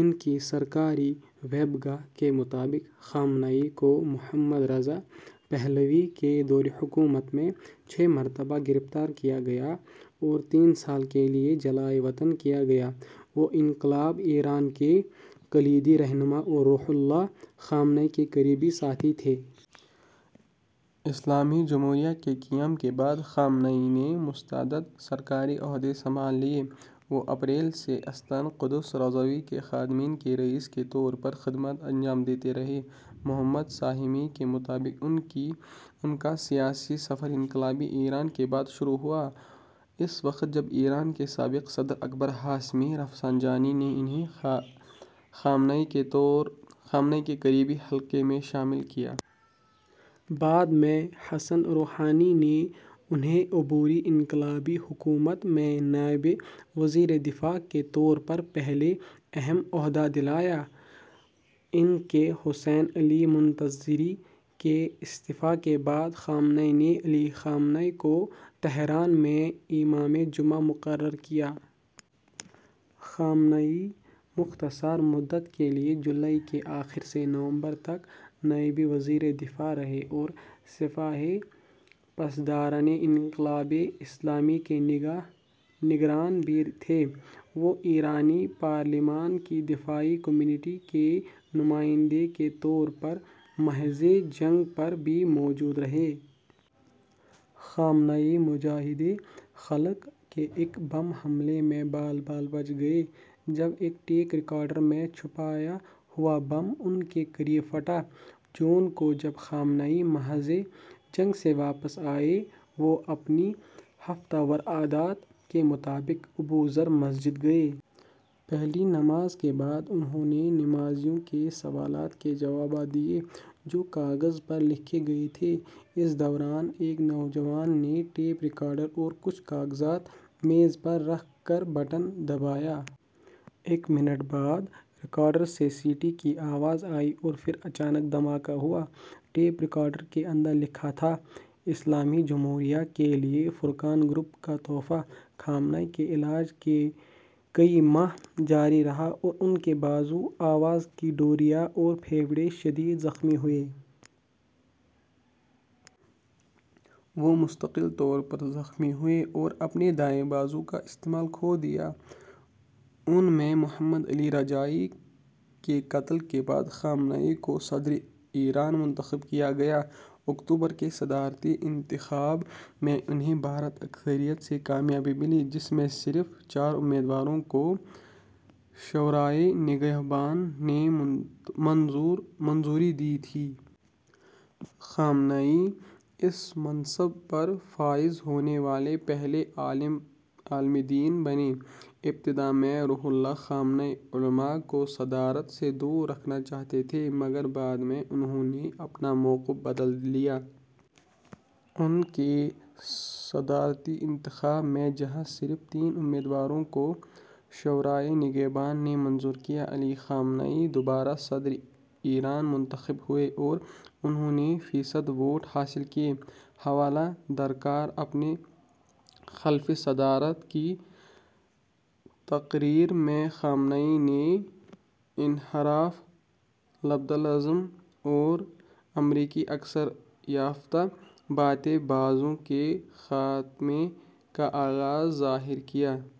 ان کی سرکاری ویب گاہ کے مطابق خامنہ ای کو محمد رضا پہلوی کے دور حکومت میں چھ مرتبہ گرفتار کیا گیا اور تین سال کے لیے جلاوطن کیا گیا۔ وہ انقلاب ایران کے کلیدی رہنما اور روح اللہ خمینی کے قریبی ساتھی تھے۔ اسلامی جمہوریہ کے قیام کے بعد خامنہ ای نے متعدد سرکاری عہدے سنبھالے۔ وہ اپریل ء سے آستان قدس رضوی کے خادمین کے رئیس کے طور پر خدمات انجام دیتے رہے۔ محمد سہیمی کے مطابق ان کا سیاسی سفر انقلاب ایران کے بعد شروع ہوا اس وقت جب ایران کے سابق صدر اکبر ہاشمی رفسنجانی نے انھیں خمینی کے قریبی حلقے میں شامل کیا۔ بعد میں حسن روحانی نے انھیں عبوری انقلابی حکومت میں نائب وزیر دفاع کے طور پر پہلا اہم عہدہ دلایا۔ ء میں حسین علی منتظری کے استعفا کے بعد خمینی نے علی خامنہ ای کو تہران میں امامِ جمعہ مقرر کیا۔ خامنہ ای مختصر مدت کے لیے ء کے جولائی کے آخر سے نومبر تک نائب وزیر دفاع رہے اور سپاہ پاسداران انقلاب اسلامی کے نگران بھی تھے۔ وہ ایرانی پارلیمان کی دفاعی کمیٹی کے نمائندے کے طور پر محاذ جنگ پر بھی موجود رہے۔ خامنہ ای مجاہدین خلق کے ایک بم حملے میں بال بال بچ گئے، جب ایک ٹیپ ریکارڈر میں چھپایا ہوا بم ان کے قریب پھٹا۔ جون ء کو جب خامنہ ای محاذ جنگ سے واپس آئے، وہ اپنی ہفتہ وار عادت کے مطابق ابو ذر مسجد گئے۔ پہلی نماز کے بعد انھوں نے نمازیوں کے سوالات کے جوابات دیے جو کاغذ پر لکھے گئے تھے۔ اس دوران ایک نوجوان نے ٹیپ ریکارڈر اور کچھ کاغذات میز پر رکھ کر بٹن دبایا۔ ایک منٹ بعد ریکارڈر سے سیٹی کی آواز آئی اور پھر اچانک دھماکا ہوا۔ ٹیپ ریکارڈر کے اندر لکھا تھا: "اسلامی جمہوریہ کے لیے فرقان گروپ کا تحفہ"۔ خامنہ ای کا علاج کئی ماہ جاری رہا اور ان کا بازو، آواز کی ڈوریاں اور پھیپھڑے شدید زخمی ہوئے۔ وہ مستقل طور پر زخمی ہوئے اور اپنے دائیں بازو کا استعمال کھو دیا۔ ء میں محمد علی رجائی کے قتل کے بعد خامنہ ای کو صدرِ ایران منتخب کیا گیا۔ اکتوبر ء کے صدارتی انتخاب میں انھیں بھاری اکثریت سے کامیابی ملی، جس میں صرف چار امیدواروں کو شورائے نگہبان نے منظوری دی تھی۔ خامنہ ای اس منصب پر فائز ہونے والے پہلے عالم دین بنے۔ ابتدا میں روح اللہ خمینی علما کو صدارت سے دور رکھنا چاہتے تھے مگر بعد میں انھوں نے اپنا موقف بدل لیا۔ ء کے صدارتی انتخاب میں جہاں صرف تین امیدواروں کو شورائے نگہبان نے منظور کیا، علی خامنہ ای دوبارہ صدرِ ایران منتخب ہوئے اور انھوں نے فیصد ووٹ حاصل کیے۔ حوالہ درکار اپنے حلفِ صدارت کی تقریر میں خامنہ ای نے "انحراف، لبرل ازم اور امریکی اثر یافتہ بائیں بازو" کے خاتمے کا عزم ظاہر کیا۔